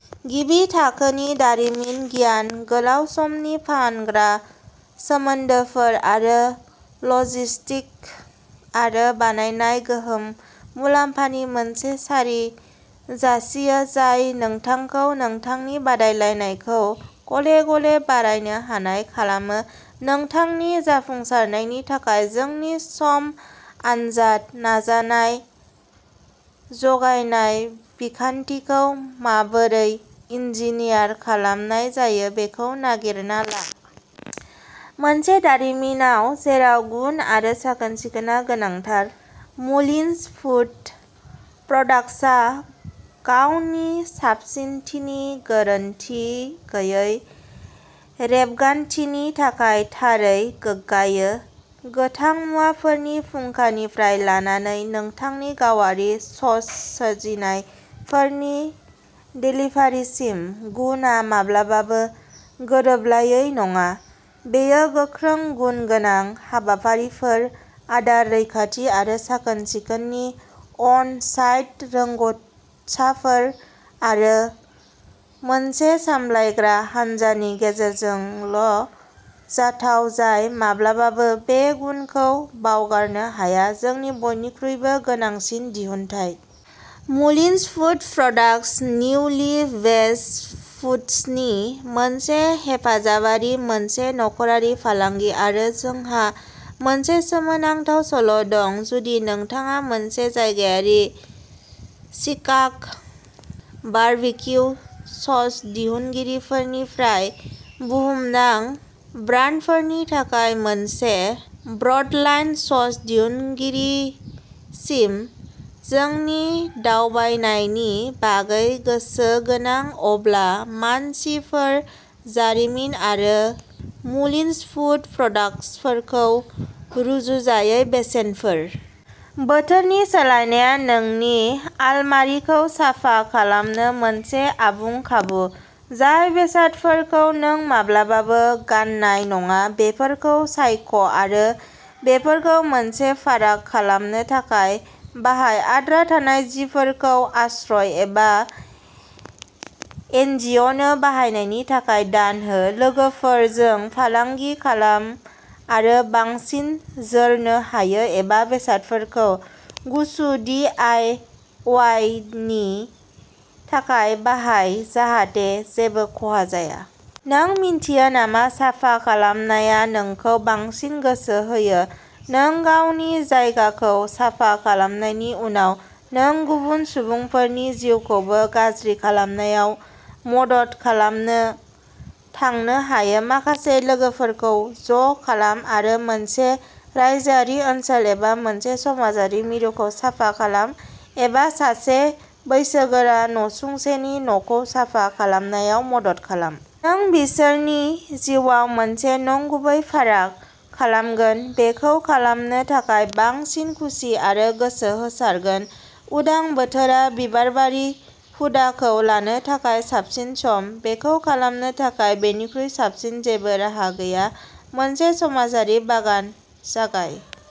गिबि थाखोनि दारिमिन गियान, गोलाव समनि फानग्रा सोमोन्दोफोर आरो लजिस्टिक आरो बायनाय गोहो मुलाम्फानि मोनसे सारि जासियो जाय नोंथांखौ नोंथांनि बादायलायनायखौ गले-गले बारायनो हानाय खालामो। नोंथांनि जाफुंसारनायनि थाखाय जोंनि सम आनजाद नायजानाय जगायनाय बिखान्थिखौ माबोरै इन्जिनियार खालामनाय जायो बेखौ नागिरना ला। मोनसे दारिमिनाव जेराव गुन आरो साखोन-सिखोनआ गोनांथार, मुलिन्स फुद प्रडाक्टसआ गावनि साबसिनथिनि गोरोनथि गैयै रेबगान्थिनि थाखाय थारै गोग्गायो। गोथां मुवाफोरनि फुंखानिफ्राय लानानै नोंथांनि गावारि सस सोरजिनायफोरनि देलिभारिसिम, गुनआ माब्लाबाबो गोरोबलायै नङा। बेयो गोख्रों गुनगोनां हाबाफारिफोर, आदार रैखाथि आरो साखोन-सिखोननि अन-साइट रोंग'साफोर, आरो मोनसे सामलायग्रा हानजानि गेजेरजोंल' जाथाव जाय माब्लाबाबो बे गुनखौ बावगारनो हाया, जोंनि बयनिख्रुइबो गोनांसिन दिहुनथाय। मुलिन्स फुद प्रडाक्टस, निउलि वेडस फुडसनि मोनसे हेफाजाबारि, मोनसे नखरारि फालांगि, आरो जोंहा मोनसे सोमोनांथाव सल' दं। जुदि नोंथाङा मोनसे जायगायारि शिकाग' बारबिक्यु सस दिहुनगिरिनिफ्राय बुहुमनां ब्रान्डफोरनि थाखाय मोनसे ब्रडलाइन सस दिहुनगिरिसिम जोंनि दावबायनायनि बागै गोसोगोनां, अब्ला मानसिफोर, जारिमिन आरो मुलिनस फुद प्रडाक्टफोरखौ रुजुजायै बेसेनफोर। बोथोरनि सोलायनाया नोंनि आलमारिखौ साफा खालामनो मोनसे आबुं खाबु। जाय बेसादफोरखौ नों माब्लाबाबो गान्नाय नङा बेफोरखौ सायख' आरो बेफोरखौ मोनसे फाराग खालामनो थाखाय बाहाय आद्रा थानाय जिफोरखौ आश्रय एबा एनजिअ'नो बाहायनायनि थाखाय दान हो, लोगोफोरजों फालांगि खालाम आरो बांसिन जोरनो हायो एबा बेसादफोरखौ गुसु दि आइ अवाइ नि थाखाय बाहाय जाहाथे जेबो खहा जाया। नों मिन्थियो नामा साफा खालामनाया नोंखौ बांसिन गोसो होयो नों गावनि जायगाखौ साफा खालामनायनि उनाव, नों गुबुन सुबुंफोरनि जिउखौबो गाज्रि खालामनायाव मदद खालामनो थांनो हायो माखासे लोगोफोरखौ ज' खालाम आरो मोनसे रायजोआरि ओनसोल एबा मोनसे समाजारि मिरुखौ साफा खालाम, एबा सासे बैसोगोरा नसुंसेनि न'खौ साफा खालामनायाव मदद खालाम। नों बिसोरनि जिउआव मोनसे नंगुबै फाराग खालामगोन, बेखौ खालामनो थाखाय बांसिन खुसि आरो गोसो होसारगोन। उदां बोथोरा बिबारबारि हुदाखौ लानो थाखाय साबसिन सम बेखौ खालामनो थाखाय बेनिख्रुइ साबसिन जेबो राहा गैया। मोनसे समाजारि बागान जागाय।